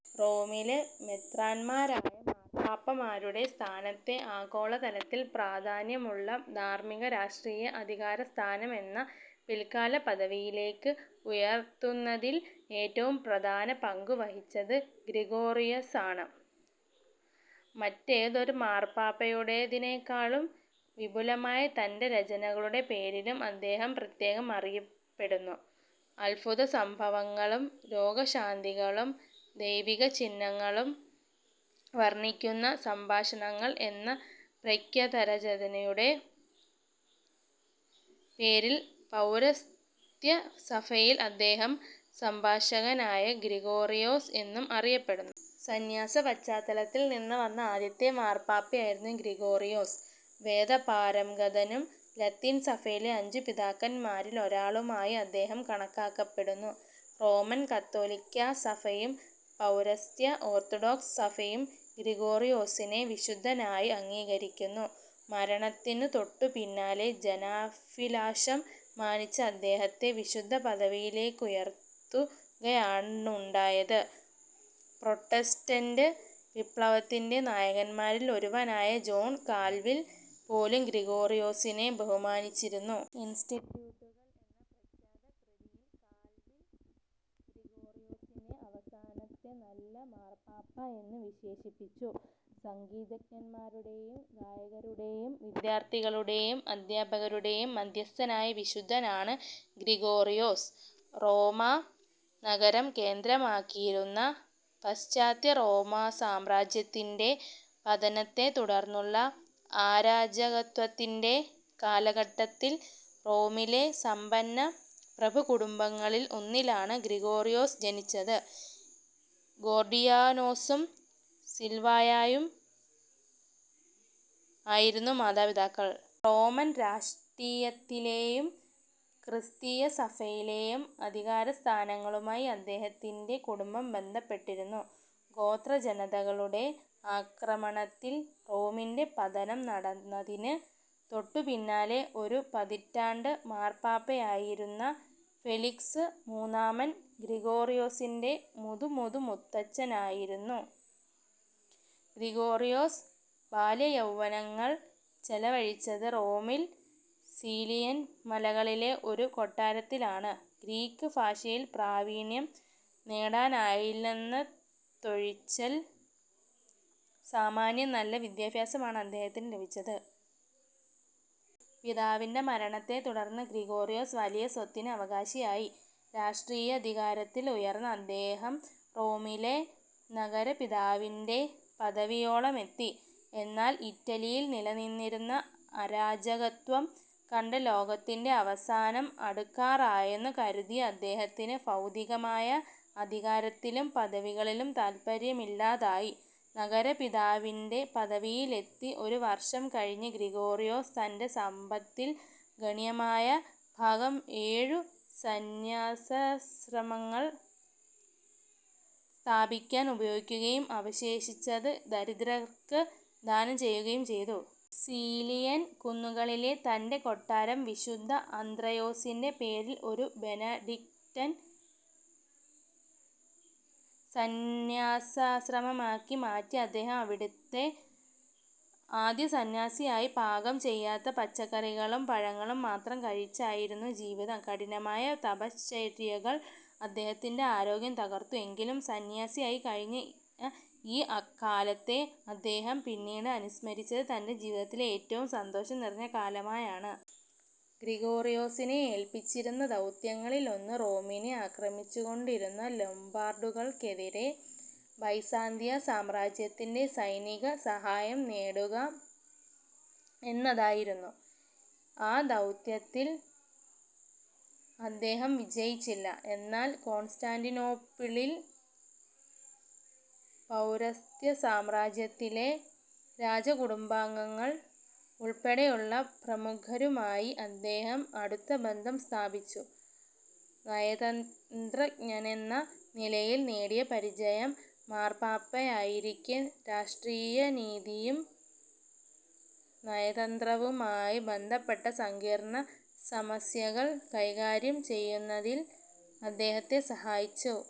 റോമിലെ മെത്രാന്മാരായ മാർപ്പാപ്പാമാരുടെ സ്ഥാനത്തെ, ആഗോളതലത്തിൽ പ്രാധാന്യമുള്ള ധാർമ്മിക-രാഷ്ട്രീയ അധികാരസ്ഥാനമെന്ന പിൽക്കാലപദവിയിലേയ്ക്ക് ഉയർത്തുന്നതിൽ ഏറ്റവും പ്രധാന പങ്കുവഹിച്ചത് ഗ്രിഗോറിയോസാണ്. മറ്റേതൊരു മാർപ്പാപ്പായുടേതിനേക്കാളും വിപുലമായ തന്റെ രചനകളുടെ പേരിലും അദ്ദേഹം പ്രത്യേകം അറിയപ്പെടുന്നു. അത്ഭുതസംഭവങ്ങളും രോഗശാന്തികളും ദൈവികചിഹ്നങ്ങളും വർണ്ണിക്കുന്ന "സംഭാഷണങ്ങൾ" എന്ന പ്രഖ്യാതരചനയുടെ പേരിൽ, പൗരസ്ത്യസഭയിൽ അദ്ദേഹം സംഭാഷകനായ ഗ്രിഗോറിയോസ് എന്നും അറിയപ്പെടുന്നു. സന്യാസപശ്ചാത്തലത്തിൽ നിന്നു വന്ന ആദ്യത്തെ മാർപ്പാപ്പയായിരുന്നു ഗ്രിഗോറിയോസ്. വേദപാരംഗതനും, ലത്തീൻ സഭയിലെ അഞ്ചു പിതാക്കന്മാരിൽ ഒരാളുമായി അദ്ദേഹം കണക്കാക്കപ്പെടുന്നു. റോമൻ കത്തോലിക്കാ സഭയും പൗരസ്ത്യ ഓർത്തൊഡോക്സ് സഭയും ഗ്രിഗോറിയോസിനെ വിശുദ്ധനായി അംഗീകരിക്കുന്നു. മരണത്തിനു തൊട്ടുപിന്നാലെ, ജനാഭിലാഷം മാനിച്ച് അദ്ദേഹത്തെ വിശുദ്ധപദവിയിലേയ്ക്കുയർത്തുകയാണുണ്ടായത്. പ്രൊട്ടസ്റ്റന്റ് വിപ്ലവത്തിന്റെ നായകന്മാരിൽ ഒരുവനായ ജോൺ കാൽവിൽ പോലും ഗ്രിഗോറിയോസിനെ ബഹുമാനിച്ചിരുന്നു. "ഇൻസ്റ്റിട്യൂട്ടുകൾ" എന്ന പ്രഖ്യാതകൃതിയിൽ കാൽവിൽ ഗ്രിഗോറിയോസിനെ, "അവസാനത്തെ നല്ല മാർപ്പാപ്പ" എന്നു വിശേഷിപ്പിച്ചു. സംഗീതജ്ഞന്മാരുടേയും, ഗായകരുടേയും, വിദ്യാർത്ഥികളുടേയും, അദ്ധ്യാപകരുടേയും മദ്ധ്യസ്ഥനായ വിശുദ്ധനാണ് ഗ്രിഗോറിയോസ്. റോമാ നഗരം കേന്ദ്രമാക്കിയിരുന്ന പാശ്ചാത്യറോമാസാമ്രാജ്യത്തിന്റെ പതനത്തെ തുടർന്നുള്ള അരാജകത്വത്തിന്റെ കാലഘട്ടത്തിൽ റോമിലെ സമ്പന്ന പ്രഭുകുടുംബങ്ങളിൽ ഒന്നിലാണ് ഗ്രിഗോറിയോസ് ജനിച്ചത്. ഗോർഡിയാനോസും സിൽവിയായും ആയിരുന്നു മാതാപിതാക്കൾ. റോമൻ രാഷ്ടീയത്തിലേയും ക്രിസ്തീയസഭയിലേയും അധികാരസ്ഥാനങ്ങളുമായി അദ്ദേഹത്തിന്റെ കുടുംബം ബന്ധപ്പെട്ടിരുന്നു. ഗോത്രജനതകളുടെ ആക്രമണത്തിൽ റോമിന്റെ പതനം നടന്നതിന് തൊട്ടുപിന്നാലെ ഒരു പതിറ്റാണ്ട് മാർപ്പാപ്പയായിരുന്ന ഫെലിക്സ് മൂന്നാമൻ ഗ്രിഗോറിയോസിന്റെ മുതു-മുതു-മുത്തച്ഛനായിരുന്നു. ഗ്രിഗോറിയോസ് ബാല്യയൗവനങ്ങൾ ചെലവഴിച്ചത് റോമിൽ സീലിയൻ മലകളിലെ ഒരു കൊട്ടാരത്തിലാണ്. ഗ്രീക്ക് ഭാഷയിൽ പ്രാവീണ്യം നേടാനായില്ലെന്നതൊഴിച്ചാൽ സാമാന്യം നല്ല വിദ്യാഭ്യാസമാണ് അദ്ദേഹത്തിന് ലഭിച്ചത്. പിതാവിന്റെ മരണത്തെ തുടർന്ന് ഗ്രിഗോറിയോസ് വലിയ സ്വത്തിന് അവകാശിയായി. രാഷ്ട്രീയാധികാരത്തിൽ ഉയർന്ന അദ്ദേഹം റോമിലെ നഗരപിതാവിന്റെ പദവിയോളമെത്തി. എന്നാൽ, ഇറ്റലിയിൽ നിലനിന്നിരുന്ന അരാജകത്വം കണ്ട് ലോകത്തിന്റെ അവസാനം അടുക്കാറായെന്നു കരുതിയ അദ്ദേഹത്തിന് ഭൗതികമായ അധികാരത്തിലും പദവികളിലും താത്പര്യമില്ലാതായി. നഗരപിതാവിന്റെ പദവിയിലെത്തി ഒരു വർഷം കഴിഞ്ഞ് ഗ്രിഗോറിയോസ് തന്റെ സമ്പത്തിൽ ഗണ്യമായ ഭാഗം ഏഴു സന്യാസാശ്രമങ്ങൾ സ്ഥാപിക്കാൻ ഉപയോഗിക്കുകയും അവശേഷിച്ചത് ദരിദ്രർക്ക് ദാനം ചെയ്യുകയും ചെയ്തു. സീലിയൻ കുന്നുകളിലെ തന്റെ കൊട്ടാരം വിശുദ്ധ അന്ത്രയോസിന്റെ പേരിൽ ഒരു ബെനഡിക്ടൻ സന്യാസാശ്രമമാക്കി മാറ്റി അദ്ദേഹം അവിടത്തെ ആദ്യസന്യാസിയായി. പാകം ചെയ്യാത്ത പച്ചക്കറികളും പഴങ്ങളും മാത്രം കഴിച്ചായിരുന്നു ജീവിതം. കഠിനമായ തപശ്ചര്യകൾ അദ്ദേഹത്തിന്റെ ആരോഗ്യം തകർത്തു. എങ്കിലും സന്യാസിയായി കഴിഞ്ഞ ഈ കാലത്തെ അദ്ദേഹം പിന്നീട് അനുസ്മരിച്ചത്, തന്റെ ജീവിതത്തിലെ ഏറ്റവും സന്തോഷം നിറഞ്ഞ കാലമായാണ്. ഗ്രിഗോറിയോസിനെ ഏല്പിച്ചിരുന്ന ദൗത്യങ്ങളിലൊന്ന് റോമിനെ ആക്രമിച്ചുകൊണ്ടിരുന്ന ലൊംബാർഡുകൾക്കെതിരെ ബൈസാന്തിയ സാമ്രാജ്യത്തിന്റെ സൈനിക സഹായം നേടുക എന്നതായിരുന്നു. ആ ദൗത്യത്തിൽ അദ്ദേഹം വിജയിച്ചില്ല. എന്നാൽ, കോൺസ്റ്റാന്റിനോപ്പിളിൽ, പൗരസ്ത്യസാമ്രാജ്യത്തിലെ രാജകുടുംബാംഗങ്ങൾ ഉൾപ്പെടെയുള്ള പ്രമുഖരുമായി അദ്ദേഹം അടുത്ത ബന്ധം സ്ഥാപിച്ചു. നയതന്ത്രജ്ഞനെന്ന നിലയിൽ നേടിയ പരിചയം മാർപ്പാപ്പയായിരിക്കെ രാഷ്ട്രനീതിയും നയതന്ത്രവുമായി ബന്ധപ്പെട്ട സങ്കീർണ്ണസമസ്യകൾ കൈകാര്യം ചെയ്യുന്നതിൽ അദ്ദേഹത്തെ സഹായിച്ചു.